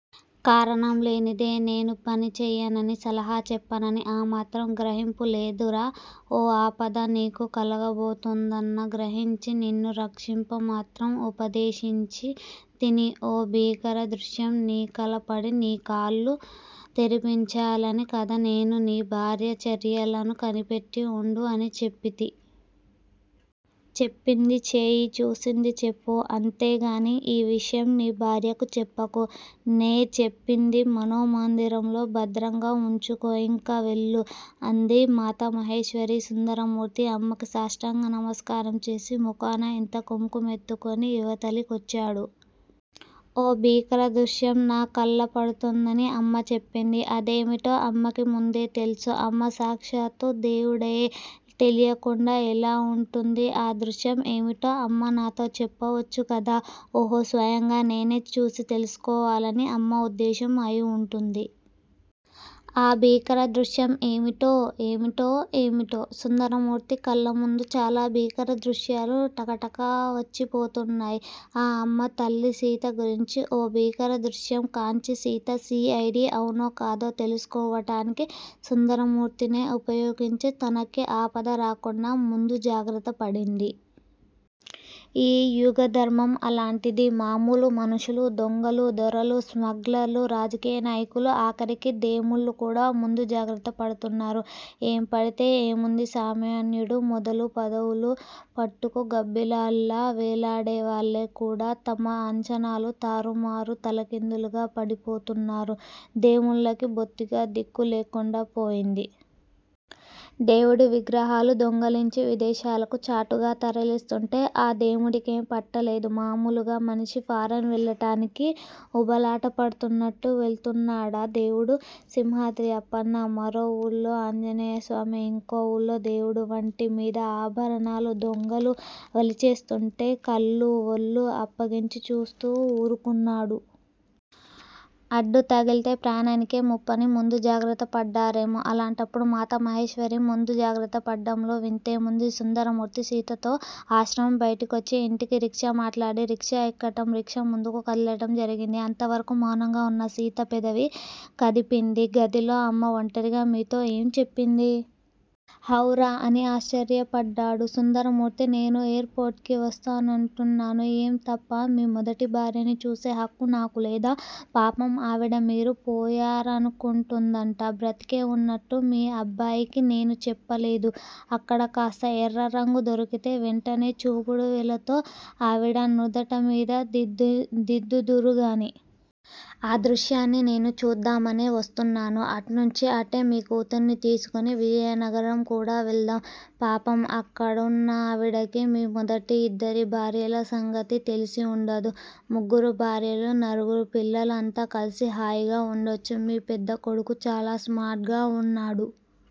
కారణం లేనిదే నేనే పని చేయనని సలహా చెప్పనని ఆ మాత్రం గ్రహింపు లేదురా. ఓ ఆపద నీకు కలగబోతున్నదన గ్రహించి నిన్ను రక్షింప మంత్రం ఉపదేశించితిని ఓ భీకర దృశ్యం నీ కళ్ళబడి నీ కళ్ళు తెరిపించాలనే కదా నేను నీ భార్య చర్యలను కనిపెట్టి ఉండు అని చెప్పితి. చెప్పింది చేయి చూసింది చెప్పు అంతియే గాని ఈ విషయం నీ భార్యకు చెప్పకు. నే చెప్పేది మనో మందిరంలో భద్రంగా ఉంచుకో ఇంక వెళ్ళు. అంది మాతా మహేశ్వరీ. సుందరమూర్తి అమ్మకి సాష్టాంగ నమస్కారం చేసి ముఖాన ఇంత కుంకం మెత్తుకుని ఇవతలి కొచ్చాడు. ఓ భీకర దృశ్యం నా కళ్ళ పడుతుందని అమ్మ చెప్పింది. అదేమిటో అమ్మకి ముందే తెల్సు. అమ్మ సాక్షాత్తూ దేవుడాయే. తెలియకుండా ఎలా వుంటుంది. ఆ దృశ్యం ఏమిటో అమ్మ నాతో చెప్పవచ్చు కదా! ఓహో స్వయంగా నేనే చూసి తెల్సుకోవాలని అమ్మ ఉద్దేశం అయివుంటుంది. ఆ భీకర దృశ్యం ఏమిటో ఏమిటో! ఏమిటో? సుందరమూర్తి కళ్ళముందు చాలా భీకర దృశ్యాలు టకటక వచ్చిపోతున్నాయి. ఆ అమ్మ తల్లి సీత గురించి ఓ భీకర దృశ్యం కాంచి సీత సి. ఐ. డి అవునో కాదో తెల్సుకోవటానికి సుందరమూర్తినే ఉపయోగించి తనకి ఆపద రాకుండా ముందు జాగ్రత్తపడింది. ఈ యుగధర్మం అలాంటిది, మామూలు మనుషులు, దొంగలు, దొరలు, స్మగ్లర్లు, రాజకీయ నాయకులు ఆఖరికి దేముళ్ళు కూడా ముందు జాగ్రత్త పడుతున్నారు. ఏం పాడితే ఏ ముంది సామాన్యుడు మొదలు పదవులు పట్టుకు గబ్బిలాల్లా వేలేడేవాళ్ళు కూడా తమ అంచనాలు తారుమారై తలకిందులుగా పడిపోతున్నారు. దేముల్లకి బొత్తిగా దిక్కు లేకుండా పోయింది. దేవుడి విగ్రహాలు దొంగలించి విదేశాలకు చాటుగా తరలిస్తుంటే ఆ దేముడికేం పట్టలేదు. మామూలుగా మనిషి ఫారిన్ వెళ్ళటానికి ఉబలాట పడుతున్నట్టు వెడుతున్నడా దేవుడు సింహాద్రి అప్పన్న, మరో వూళ్ళో ఆంజనేయస్వామి, ఇంకో వూళ్ళో దేవుడు వంటి మీద ఆభరణాలు దొంగలు వలిచేస్తుంటే కళ్ళు వళ్ళు అప్పగించి చూస్తూ వురుకున్నాడు. అడ్డుతగిలితే ప్రాణానికే ముప్పని ముందు జాగ్రత్తపడ్డారేమో, అలాంటప్పుడు మాతా మహేశ్వరీ ముందు జాగ్రత్త పడటంలో వింతేముంది. సుందరమూర్తి సీతతో ఆశ్రమం బయటికొచ్చి ఇంటికి రిక్షా మాట్లాడి రిక్షా ఎక్కటం రిక్షా ముందుకు కదలటం జరిగింది. అంత వరకూ మౌనంగా ఉన్న సీత పెదవి కదిపింది. గదిలో అమ్మ వంటరిగా మీతో ఏం చెప్పింది? హౌరా! అని ఆశ్చర్యపడ్డాడు సుందరమూర్తి. నేనూ ఎయిర్ పోర్ట్ కి వస్తానంటున్నాను. ఏం! తప్పా మీ మొదటి భార్యని చూసే హక్కు నాకులేదా? పాపం ఆవిడ మీరు పోయారనుకుంటూందట. బ్రతికి వున్నట్టు మీ అబ్బాయికి నేనూ చెప్పలేదు. అక్కడ కాస్త ఎర్రరంగు దొరికితే వెంటనే చూపుడు వేలుతో ఆవిడ నుదుటమీద దిద్దుదురుగాని. ఆ దృశ్యాన్ని నేనూ చూద్దామనే వస్తున్నాను. అట్నుంచి అటే మీ కూతుర్ని తీసుకుని విజయనగరం కూడా వెళ్దాం. పాపం అక్కడున్నావిడకి మీ మొదటి ఇద్దరి భార్యల సంగతి తెలిసి వుండదు. ముగ్గురు భార్యలు నలుగురు పిల్లలు అంతా కలిసి హాయిగా వుండొచ్చు. మీ పెద్ద కొడుకు చాలా స్మార్ట్ గా వున్నాడు.